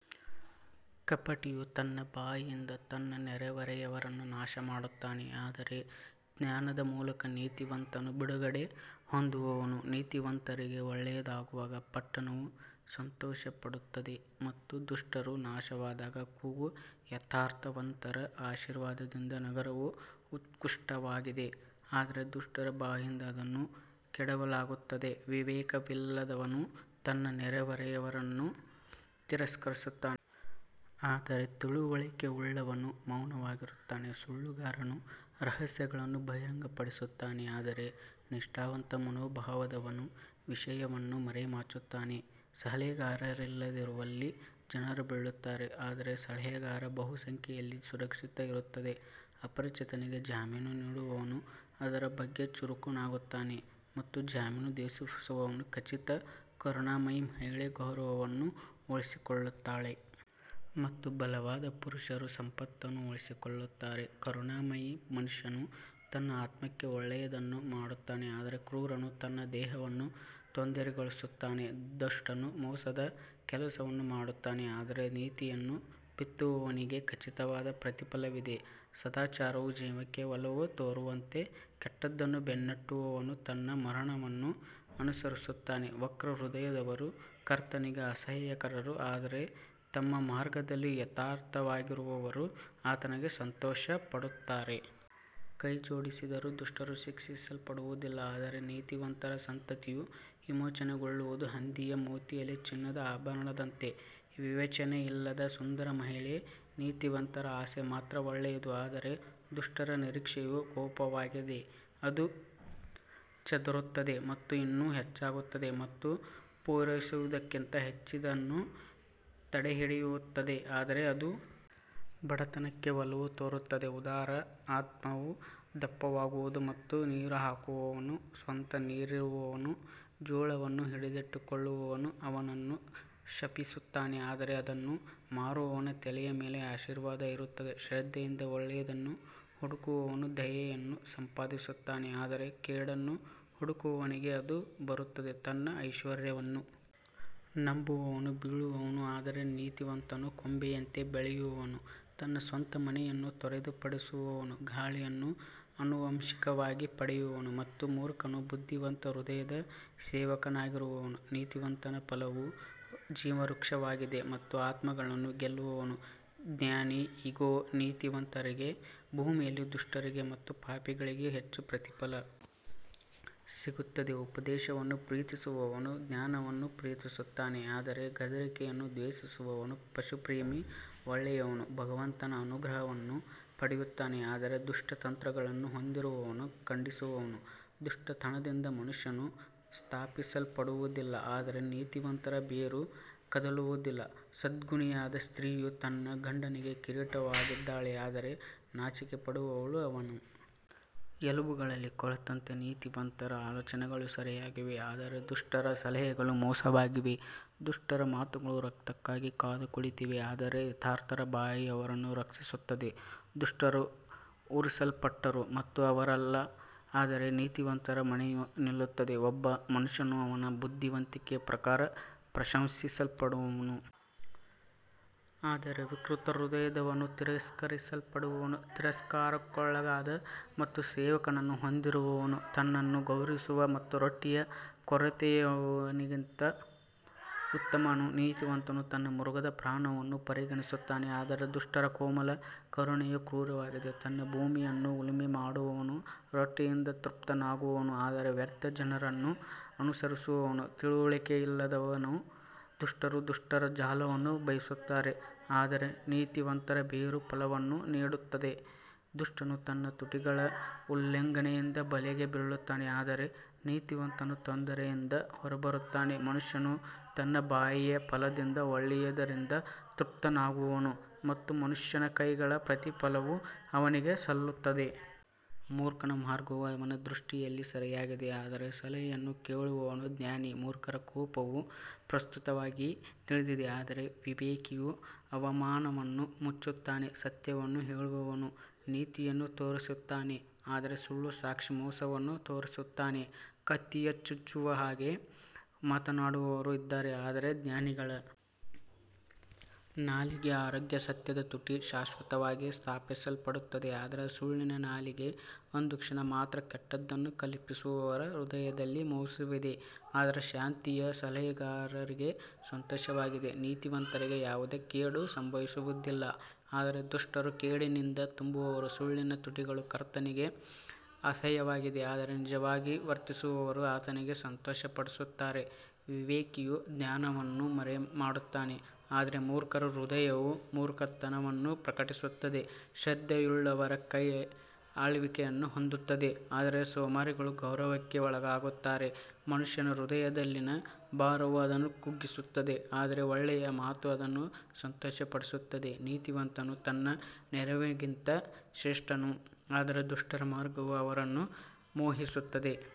ಕಪಟಿಯು ತನ್ನ ಬಾಯಿಯಿಂದ ತನ್ನ ನೆರೆಯವರನ್ನು ನಾಶಮಾಡುತ್ತಾನೆ ಆದರೆ ಜ್ಞಾನದ ಮೂಲಕ ನೀತಿವಂತನು ಬಿಡುಗಡೆ ಹೊಂದುವನು ನೀತಿವಂತರಿಗೆ ಒಳ್ಳೆಯದಾಗುವಾಗ ಪಟ್ಟಣವು ಸಂತೋಷಪಡುತ್ತದೆ ಮತ್ತು ದುಷ್ಟರು ನಾಶವಾದಾಗ ಕೂಗು. ಯಥಾರ್ಥವಂತರ ಆಶೀರ್ವಾದದಿಂದ ನಗರವು ಉತ್ಕೃಷ್ಟವಾಗಿದೆ ಆದರೆ ದುಷ್ಟರ ಬಾಯಿಂದ ಅದನ್ನು ಕೆಡವಲಾಗುತ್ತದೆ ವಿವೇಕವಿಲ್ಲದವನು ತನ್ನ ನೆರೆಯವನನ್ನು ತಿರಸ್ಕರಿಸುತ್ತಾನೆ ಆದರೆ ತಿಳುವಳಿಕೆಯುಳ್ಳವನು ಮೌನವಾಗಿರುತ್ತಾನೆ ಸುಳ್ಳುಗಾರನು ರಹಸ್ಯಗಳನ್ನು ಬಹಿರಂಗಪಡಿಸುತ್ತಾನೆ ಆದರೆ ನಿಷ್ಠಾವಂತ ಮನೋಭಾವದವನು ವಿಷಯವನ್ನು ಮರೆಮಾಚುತ್ತಾನೆ ಸಲಹೆಗಾರರಿಲ್ಲದಿರುವಲ್ಲಿ ಜನರು ಬೀಳುತ್ತಾರೆ ಆದರೆ ಸಲಹೆಗಾರರ ಬಹುಸಂಖ್ಯೆಯಲ್ಲಿ ಸುರಕ್ಷತೆ ಇರುತ್ತದೆ ಅಪರಿಚಿತನಿಗೆ ಜಾಮೀನು ನೀಡುವವನು ಅದರ ಬಗ್ಗೆ ಚುರುಕಾಗುತ್ತಾನೆ ಮತ್ತು ಜಾಮೀನು ದ್ವೇಷಿಸುವವನು ಖಚಿತ ಕರುಣಾಮಯಿ ಮಹಿಳೆ ಗೌರವವನ್ನು ಉಳಿಸಿಕೊಳ್ಳುತ್ತಾಳೆ ಮತ್ತು ಬಲವಾದ ಪುರುಷರು ಸಂಪತ್ತನ್ನು ಉಳಿಸಿಕೊಳ್ಳುತ್ತಾರೆ ಕರುಣಾಮಯಿ ಮನುಷ್ಯನು ತನ್ನ ಆತ್ಮಕ್ಕೆ ಒಳ್ಳೆಯದನ್ನು ಮಾಡುತ್ತಾನೆ ಆದರೆ ಕ್ರೂರನು ತನ್ನ ದೇಹವನ್ನು ತೊಂದರೆಗೊಳಿಸುತ್ತಾನೆ ದುಷ್ಟನು ಮೋಸದ ಕೆಲಸವನ್ನು ಮಾಡುತ್ತಾನೆ ಆದರೆ ನೀತಿಯನ್ನು ಬಿತ್ತುವವನಿಗೆ ಖಚಿತವಾದ ಪ್ರತಿಫಲವಿದೆ ಸದಾಚಾರವು ಜೀವಕ್ಕೆ ಒಲವು ತೋರುವಂತೆ ಕೆಟ್ಟದ್ದನ್ನು ಬೆನ್ನಟ್ಟುವವನು ತನ್ನ ಮರಣವನ್ನು ಅನುಸರಿಸುತ್ತಾನೆ ವಕ್ರ ಹೃದಯದವರು ಕರ್ತನಿಗೆ ಅಸಹ್ಯಕರರು ಆದರೆ ತಮ್ಮ ಮಾರ್ಗದಲ್ಲಿ ಯಥಾರ್ಥವಾಗಿರುವವರು ಆತನಿಗೆ ಸಂತೋಷಪಡುತ್ತಾರೆ. ಕೈಜೋಡಿಸಿದರೂ ದುಷ್ಟರು ಶಿಕ್ಷಿಸಲ್ಪಡುವುದಿಲ್ಲ ಆದರೆ ನೀತಿವಂತರ ಸಂತತಿಯು ವಿಮೋಚನೆಗೊಳ್ಳುವದು ಹಂದಿಯ ಮೂತಿಯಲ್ಲಿ ಚಿನ್ನದ ಆಭರಣದಂತೆ ವಿವೇಚನೆಯಿಲ್ಲದ ಸುಂದರ ಮಹಿಳೆ ನೀತಿವಂತರ ಆಸೆ ಮಾತ್ರ ಒಳ್ಳೆಯದು ಆದರೆ ದುಷ್ಟರ ನಿರೀಕ್ಷೆಯು ಕೋಪವಾಗಿದೆ ಅದು ಚದುರುತ್ತದೆ ಮತ್ತು ಇನ್ನೂ ಹೆಚ್ಚಾಗುತ್ತದೆ ಮತ್ತು ಪೂರೈಸುವುದಕ್ಕಿಂತ ಹೆಚ್ಚಿನದನ್ನು ತಡೆಹಿಡಿಯುತ್ತದೆ ಆದರೆ ಅದು ಬಡತನಕ್ಕೆ ಒಲವು ತೋರುತ್ತದೆ ಉದಾರ ಆತ್ಮವು ದಪ್ಪವಾಗುವುದು ಮತ್ತು ನೀರುಹಾಕುವವನು ಸ್ವತಃ ನೀರಿರುವನು ಜೋಳವನ್ನು ಹಿಡಿದಿಟ್ಟುಕೊಳ್ಳುವವನು ಅವನನ್ನು ಶಪಿಸುತ್ತಾನೆ ಆದರೆ ಅದನ್ನು ಮಾರುವವನ ತಲೆಯ ಮೇಲೆ ಆಶೀರ್ವಾದ ಇರುತ್ತದೆ ಶ್ರದ್ಧೆಯಿಂದ ಒಳ್ಳೆಯದನ್ನು ಹುಡುಕುವವನು ದಯೆಯನ್ನು ಸಂಪಾದಿಸುತ್ತಾನೆ ಆದರೆ ಕೇಡನ್ನು ಹುಡುಕುವವನಿಗೆ ಅದು ಬರುತ್ತದೆ ತನ್ನ ಐಶ್ವರ್ಯವನ್ನು ನಂಬುವವನು ಬೀಳುವನು ಆದರೆ ನೀತಿವಂತನು ಕೊಂಬೆಯಂತೆ ಬೆಳೆಯುವನು ತನ್ನ ಸ್ವಂತ ಮನೆಯನ್ನು ತೊಂದರೆಪಡಿಸುವವನು ಗಾಳಿಯನ್ನು ಆನುವಂಶಿಕವಾಗಿ ಪಡೆಯುವನು ಮತ್ತು ಮೂರ್ಖನು ಬುದ್ಧಿವಂತ ಹೃದಯದ ಸೇವಕನಾಗಿರುವನು ನೀತಿವಂತನ ಫಲವು ಜೀವವೃಕ್ಷವಾಗಿದೆ ಮತ್ತು ಆತ್ಮಗಳನ್ನು ಗೆಲ್ಲುವವನು ಜ್ಞಾನಿ ಇಗೋ, ನೀತಿವಂತರಿಗೆ ಭೂಮಿಯಲ್ಲಿ ದುಷ್ಟರಿಗೆ ಮತ್ತು ಪಾಪಿಗಳಿಗೆ ಹೆಚ್ಚು ಪ್ರತಿಫಲ ಸಿಗುತ್ತದೆ ಉಪದೇಶವನ್ನು ಪ್ರೀತಿಸುವವನು ಜ್ಞಾನವನ್ನು ಪ್ರೀತಿಸುತ್ತಾನೆ ಆದರೆ ಗದರಿಕೆಯನ್ನು ದ್ವೇಷಿಸುವವನು ಪಶುಪ್ರೇಮಿ ಒಳ್ಳೆಯವನು ಭಗವಂತನ ಅನುಗ್ರಹವನ್ನು ಪಡೆಯುತ್ತಾನೆ ಆದರೆ ದುಷ್ಟ ತಂತ್ರಗಳನ್ನು ಹೊಂದಿರುವವನು ಖಂಡಿಸುವನು ದುಷ್ಟತನದಿಂದ ಮನುಷ್ಯನು ಸ್ಥಾಪಿಸಲ್ಪಡುವದಿಲ್ಲ ಆದರೆ ನೀತಿವಂತರ ಬೇರು ಕದಲುವುದಿಲ್ಲ ಸದ್ಗುಣಿಯಾದ ಸ್ತ್ರೀಯು ತನ್ನ ಗಂಡನಿಗೆ ಕಿರೀಟವಾಗಿದ್ದಾಳೆ ಆದರೆ ನಾಚಿಕೆಪಡುವವಳು ಅವನ ಎಲುಬುಗಳಲ್ಲಿ ಕೊಳೆತಂತೆ ನೀತಿವಂತರ ಆಲೋಚನೆಗಳು ಸರಿಯಾಗಿವೆ ಆದರೆ ದುಷ್ಟರ ಸಲಹೆಗಳು ಮೋಸವಾಗಿವೆ ದುಷ್ಟರ ಮಾತುಗಳು ರಕ್ತಕ್ಕಾಗಿ ಕಾದು ಕುಳಿತಿವೆ ಆದರೆ ಯಥಾರ್ಥರ ಬಾಯಿ ಅವರನ್ನು ರಕ್ಷಿಸುತ್ತದೆ ದುಷ್ಟರು ಉರುಳಿಸಲ್ಪಟ್ಟರು ಮತ್ತು ಅವರಲ್ಲ ಆದರೆ ನೀತಿವಂತರ ಮನೆಯು ನಿಲ್ಲುತ್ತದೆ ಒಬ್ಬ ಮನುಷ್ಯನು ಅವನ ಬುದ್ಧಿವಂತಿಕೆಯ ಪ್ರಕಾರ ಪ್ರಶಂಸಿಸಲ್ಪಡುವನು ಆದರೆ ವಿಕೃತ ಹೃದಯದವನು ತಿರಸ್ಕರಿಸಲ್ಪಡುವನು ತಿರಸ್ಕಾರಕ್ಕೊಳಗಾದ ಮತ್ತು ಸೇವಕನನ್ನು ಹೊಂದಿರುವವನು ತನ್ನನ್ನು ಗೌರವಿಸುವ ಮತ್ತು ರೊಟ್ಟಿಯ ಕೊರತೆಯಿರುವವನಿಗಿಂತ ಉತ್ತಮನು ನೀತಿವಂತನು ತನ್ನ ಮೃಗದ ಪ್ರಾಣವನ್ನು ಪರಿಗಣಿಸುತ್ತಾನೆ ಆದರೆ ದುಷ್ಟರ ಕೋಮಲ ಕರುಣೆಯು ಕ್ರೂರವಾಗಿದೆ ತನ್ನ ಭೂಮಿಯನ್ನು ಉಳುಮೆ ಮಾಡುವವನು ರೊಟ್ಟಿಯಿಂದ ತೃಪ್ತನಾಗುವನು ಆದರೆ ವ್ಯರ್ಥ ಜನರನ್ನು ಅನುಸರಿಸುವವನು ತಿಳುವಳಿಕೆಯಿಲ್ಲದವನು ದುಷ್ಟರು ದುಷ್ಟರ ಜಾಲವನ್ನು ಬಯಸುತ್ತಾರೆ ಆದರೆ ನೀತಿವಂತರ ಬೇರು ಫಲವನ್ನು ನೀಡುತ್ತದೆ ದುಷ್ಟನು ತನ್ನ ತುಟಿಗಳ ಉಲ್ಲಂಘನೆಯಿಂದ ಬಲೆಗೆ ಬೀಳುತ್ತಾನೆ ಆದರೆ ನೀತಿವಂತನು ತೊಂದರೆಯಿಂದ ಹೊರಬರುತ್ತಾನೆ ಮನುಷ್ಯನು ತನ್ನ ಬಾಯಿಯ ಫಲದಿಂದ ಒಳ್ಳೆಯದರಿಂದ ತೃಪ್ತನಾಗುವನು ಮತ್ತು ಮನುಷ್ಯನ ಕೈಗಳ ಪ್ರತಿಫಲವು ಅವನಿಗೆ ಸಲ್ಲುತ್ತದೆ. ಮೂರ್ಖನ ಮಾರ್ಗವು ಅವನ ದೃಷ್ಟಿಯಲ್ಲಿ ಸರಿಯಾಗಿದೆ ಆದರೆ ಸಲಹೆಯನ್ನು ಕೇಳುವವನು ಜ್ಞಾನಿ ಮೂರ್ಖರ ಕೋಪವು ಪ್ರಸ್ತುತವಾಗಿ ತಿಳಿದಿದೆ ಆದರೆ ವಿವೇಕಿಯು ಅವಮಾನವನ್ನು ಮುಚ್ಚುತ್ತಾನೆ ಸತ್ಯವನ್ನು ಹೇಳುವವನು ನೀತಿಯನ್ನು ತೋರಿಸುತ್ತಾನೆ ಆದರೆ ಸುಳ್ಳು ಸಾಕ್ಷಿ ಮೋಸವನ್ನು ತೋರಿಸುತ್ತಾನೆ ಕತ್ತಿಯ ಚುಚ್ಚುವ ಹಾಗೆ ಮಾತನಾಡುವವರು ಇದ್ದಾರೆ ಆದರೆ ಜ್ಞಾನಿಗಳ ನಾಲಿಗೆ ಆರೋಗ್ಯ ಸತ್ಯದ ತುಟಿ ಶಾಶ್ವತವಾಗಿ ಸ್ಥಾಪಿಸಲ್ಪಡುತ್ತದೆ ಆದರೆ ಸುಳ್ಳಿನ ನಾಲಿಗೆ ಒಂದು ಕ್ಷಣ ಮಾತ್ರ ಕೆಟ್ಟದ್ದನ್ನು ಕಲ್ಪಿಸುವವರ ಹೃದಯದಲ್ಲಿ ಮೋಸವಿದೆ ಆದರೆ ಶಾಂತಿಯ ಸಲಹೆಗಾರರಿಗೆ ಸಂತೋಷವಾಗಿದೆ ನೀತಿವಂತರಿಗೆ ಯಾವುದೇ ಕೇಡು ಸಂಭವಿಸುವುದಿಲ್ಲ ಆದರೆ ದುಷ್ಟರು ಕೇಡಿನಿಂದ ತುಂಬುವರು ಸುಳ್ಳಿನ ತುಟಿಗಳು ಕರ್ತನಿಗೆ ಅಸಹ್ಯವಾಗಿದೆ ಆದರೆ ನಿಜವಾಗಿ ವರ್ತಿಸುವವರು ಆತನಿಗೆ ಸಂತೋಷಪಡುತ್ತಾರೆ ವಿವೇಕಿಯು ಜ್ಞಾನವನ್ನು ಮರೆಮಾಡುತ್ತಾನೆ ಆದರೆ ಮೂರ್ಖರ ಹೃದಯವು ಮೂರ್ಖತನವನ್ನು ಪ್ರಕಟಿಸುತ್ತದೆ ಶ್ರದ್ಧೆಯುಳ್ಳವರ ಕೈ ಆಳ್ವಿಕೆಯನ್ನು ಹೊಂದುತ್ತದೆ ಆದರೆ ಸೋಮಾರಿಗಳು ಗೌರವಕ್ಕೆ ಒಳಗಾಗುತ್ತಾರೆ ಮನುಷ್ಯನ ಹೃದಯದಲ್ಲಿನ ಭಾರವು ಅದನ್ನು ಕುಗ್ಗಿಸುತ್ತದೆ ಆದರೆ ಒಳ್ಳೆಯ ಮಾತು ಅದನ್ನು ಸಂತೋಷಪಡಿಸುತ್ತದೆ ನೀತಿವಂತನು ತನ್ನ ನೆರೆಯವನಿಗಿಂತ ಶ್ರೇಷ್ಠನು ಆದರೆ ದುಷ್ಟರ ಮಾರ್ಗವು ಅವರನ್ನು ಮೋಹಿಸುತ್ತದೆ.